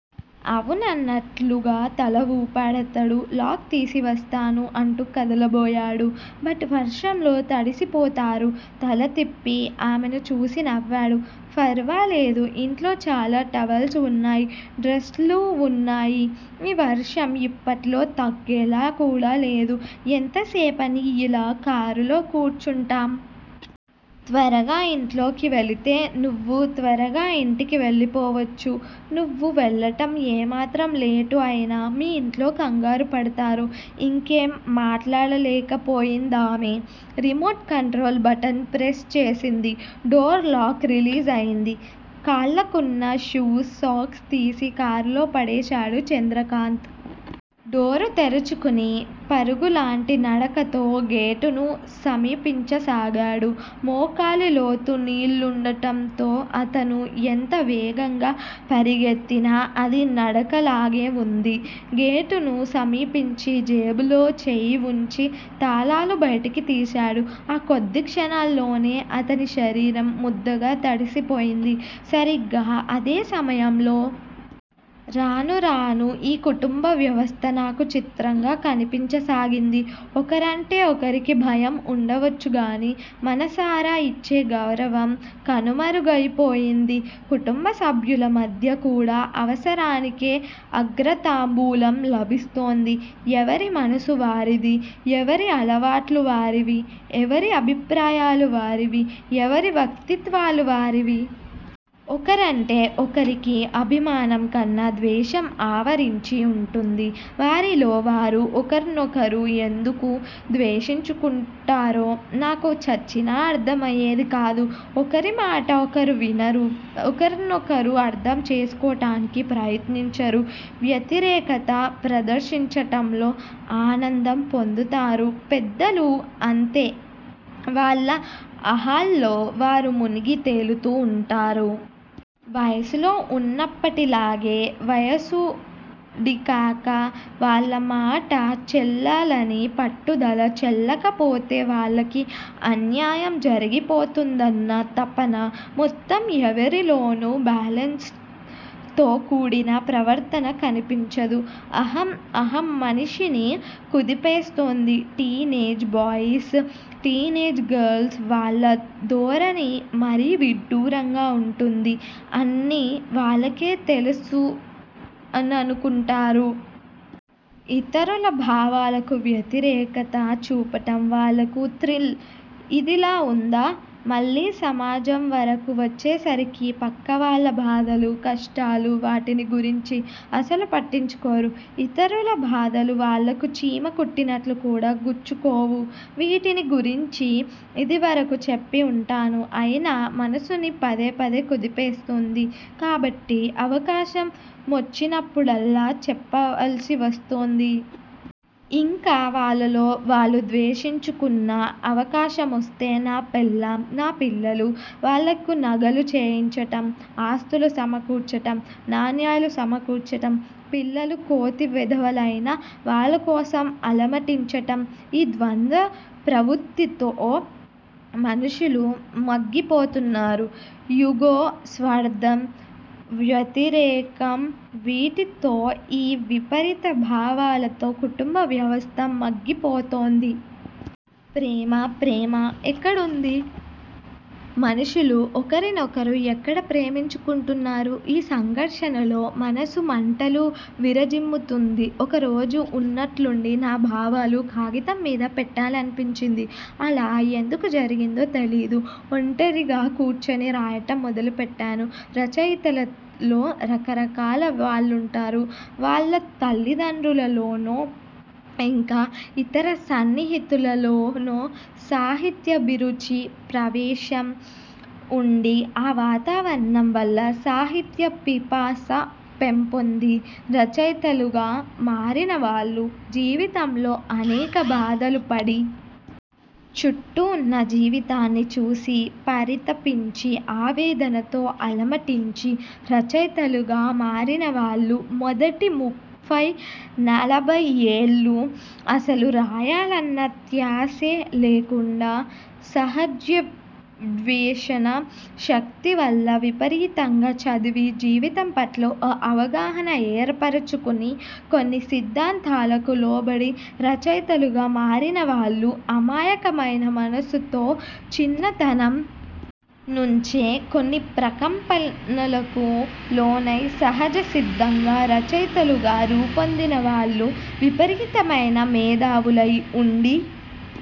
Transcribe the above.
అవునన్నట్లుగా తల వూపాడతను. లాక్ తీసి వస్తాను అంటూ కదలబోయాడు. బట్ వర్షంలో తడిసిపోతారు. తల తిప్పి ఆమెను చూసి నవ్వాడు. ఫర్వాలేదు! ఇంట్లో చాలా టవల్స్ వున్నాయి. డ్రస్ లు వున్నాయి. ఈ వర్షం యిప్పట్లో తగ్గేలా కూడా లేదు. ఎంతసేపని యిలా కారులో కూర్చుంటాం? త్వరగా ఇంట్లోకి వెళితే నువ్వూ త్వరగా ఇంటికి వెళ్ళిపోవచ్చు. నువ్వు వెళ్ళటం ఏమాత్రం లేటు అయినా మీ ఇంట్లో కంగారుపడతారు. ఇంకేం మాట్లాడలేకపోయిందామె. రిమోట్ కంట్రోల్ బటన్ ప్రెస్ చేసింది. డోర్ లాక్ రిలీజ్ అయింది. కాళ్ళకున్న షూస్, సాక్స్ తీసి కారులో పడేశాడు చంద్రకాంత్. డోరు తెరుచుకుని పరుగులాంటి నడకతో గేటును సమీపించసాగాడు. మోకాలి లోతు నీళ్ళుండటంతో, అతను ఎంత వేగంగా పరిగెత్తినా అది నడకలాగే వుంది. గేటును సమీపించి జేబులో చేయి వుంచి తాళాలు బయటికి తీశాడు. ఆ కొద్ది క్షణాల్లోనే అతని శరీరం ముద్దగా తడిసిపోయింది. సరిగ్గా అదే సమయంలో। రాను రానూ ఈ కుటుంబ వ్యవస్థ నాకు చిత్రంగా కనిపించసాగింది. ఒకరంటే ఒకరికి భయం ఉండవచ్చుగానీ మనసారా ఇచ్చే గౌరవం కనుమరుగయిపోయింది. కుటుంబ సభ్యుల మధ్య కూడా అవసరానికే అగ్రతాంబూలం లభిస్తోంది. ఎవరి మనసు వారిది. ఎవరి అలవాట్లు వారివి. ఎవరి అభిప్రాయాలు వారివి. ఎవరి వ్యక్తిత్వాలు వారివి. ఒకరంటే ఒకరికి అభిమానం కన్న ద్వేషం ఆవరించి ఉంటుంది. వారిలో వారు ఒకర్నొకరు ఎందుకు ద్వేషించుకుంటారో నాకు చచ్చినా అర్థమయేది కాదు. ఒకరిమాట ఒకరు వినరు. ఒకర్నొకరు అర్థం చేసుకోటానికి ప్రయత్నించరు. వ్యతిరేకత ప్రదర్శించటంలో ఆనందం పొందుతారు. పెద్దలూ అంతే. వాళ్ళ అహాల్లో వారు మునిగి తేలుతూ ఉంటారు. వయసులో ఉన్నప్పటిలాగే వయసుడిగాక వాళ్ళమాట చెల్లాలని పట్టుదల, చెల్లకపోతే వాళ్ళకి అన్యాయం జరిగిపోతూందన్న తపన. మొత్తం ఎవరిలోనూ బ్యాలెన్స్ తో కూడిన ప్రవర్తన కనిపించదు. అహం. అహం మనిషిని కుదిపేస్తోంది. టీనేజ్ బాయస్, టీనేజ్ గరల్స్ వాళ్ళ ధోరణి మరీ విడ్డూరంగా ఉంటుంది. అన్నీ వాళ్ళకే తెలుసుననుకుంటారు. ఇతరుల భావాలకు వ్యతిరేకత చూపటం వాళ్ళకు థ్రిల్. ఇదిలా ఉందా? మళ్ళీ సమాజం వరకూ వచ్చేసరికి పక్కవాళ్ళ బాధలు, కష్టాలు వాటిని గురించి అసలు పట్టించుకోరు. ఇతరుల బాధలు వాళ్లకు చీమ కుట్టినట్లు కూడా గుచ్చుకోవు. వీటిని గురించి ఇది వరకు చెప్పి ఉంటాను. అయినా మనసుని పదే పదే కుదిపేస్తోంది కాబట్టి అవకాశం మొచ్చినప్పుడల్లా చెప్పాల్సివస్తోంది. ఇంకా వాళ్ళలో వాళ్ళు ద్వేషించుకున్నా అవకాశమొస్తే నా పెళ్ళాం, నా పిల్లలు. వాళ్లకు నగలు చేయించటం, ఆస్తులు సమకూర్చటం, నాణ్యాలు సమకూర్చటం పిల్లలు కోతి వెధవలైనా వాళ్లకోసం అలమటించటం ఈ ద్వంద ప్రవృత్తితో మనుషులు మగ్గిపోతున్నారు. యిగో, స్వార్థం వ్యతిరేకం వీటితో, ఈ విపరీత భావాలతో కుటుంబ వ్యవస్థ మగ్గిపోతోంది. ప్రేమ ప్రేమ ఎక్కడుంది. మనషులు ఒకరినొకరు ఎక్కడ ప్రేమించుకుంటున్నారు. ఈ సంఘర్షణలో మనసు మంటలు విరజిమ్ముతుంది. ఒకరోజు ఉన్నట్లుండి నా భావాలు కాగితం మీద పెట్టాలనిపించింది. అలా ఎందుకు జరిగిందో తెలీదు. ఒంటరిగా కూర్చుని రాయటం మొదలు పెట్టాను. రచయితలలో రకరకాల వాళ్లుంటారు. వాళ్ల తల్లిదండ్రులలోనో, ఇంకా ఇతర సన్నిహితులలోనో సాహిత్యాభిరుచి, ప్రవేశం ఉండి ఆ వాతావరణం వల్ల సాహిత్య పిపాస పెంపొంది రచయితలుగా మారినవాళ్ళు, జీవితంలో అనేక బాధలుపడి. చుట్టూ ఉన్న జీవితాన్ని చూసి పరితపించి ఆవేదనతో అలమటించి రచయితలుగా మారినవాళ్ళు, మొదటి ముప్ఫయి నలభయి ఏళ్లూ అసలు రాయాలన్న థ్యాసే లేకుండా, సహజాన్వేషణ శక్తివల్ల విపరీతంగా చదివి, జీవితంపట్ల ఓ అవగాహన ఏర్పరచుకుని, కొన్ని సిద్ధాంతాలకు లోబడి రచయితలుగా మారినవాళ్ళు, అమాయకమైన మనస్సుతో చిన్నతనం నుంచే కొన్ని ప్రకంపనలకు లోనై సహజసిద్ధంగా రచయితలుగా రూపొందినవాళ్ళు, విపరీతమైన మేదావులై ఉండి,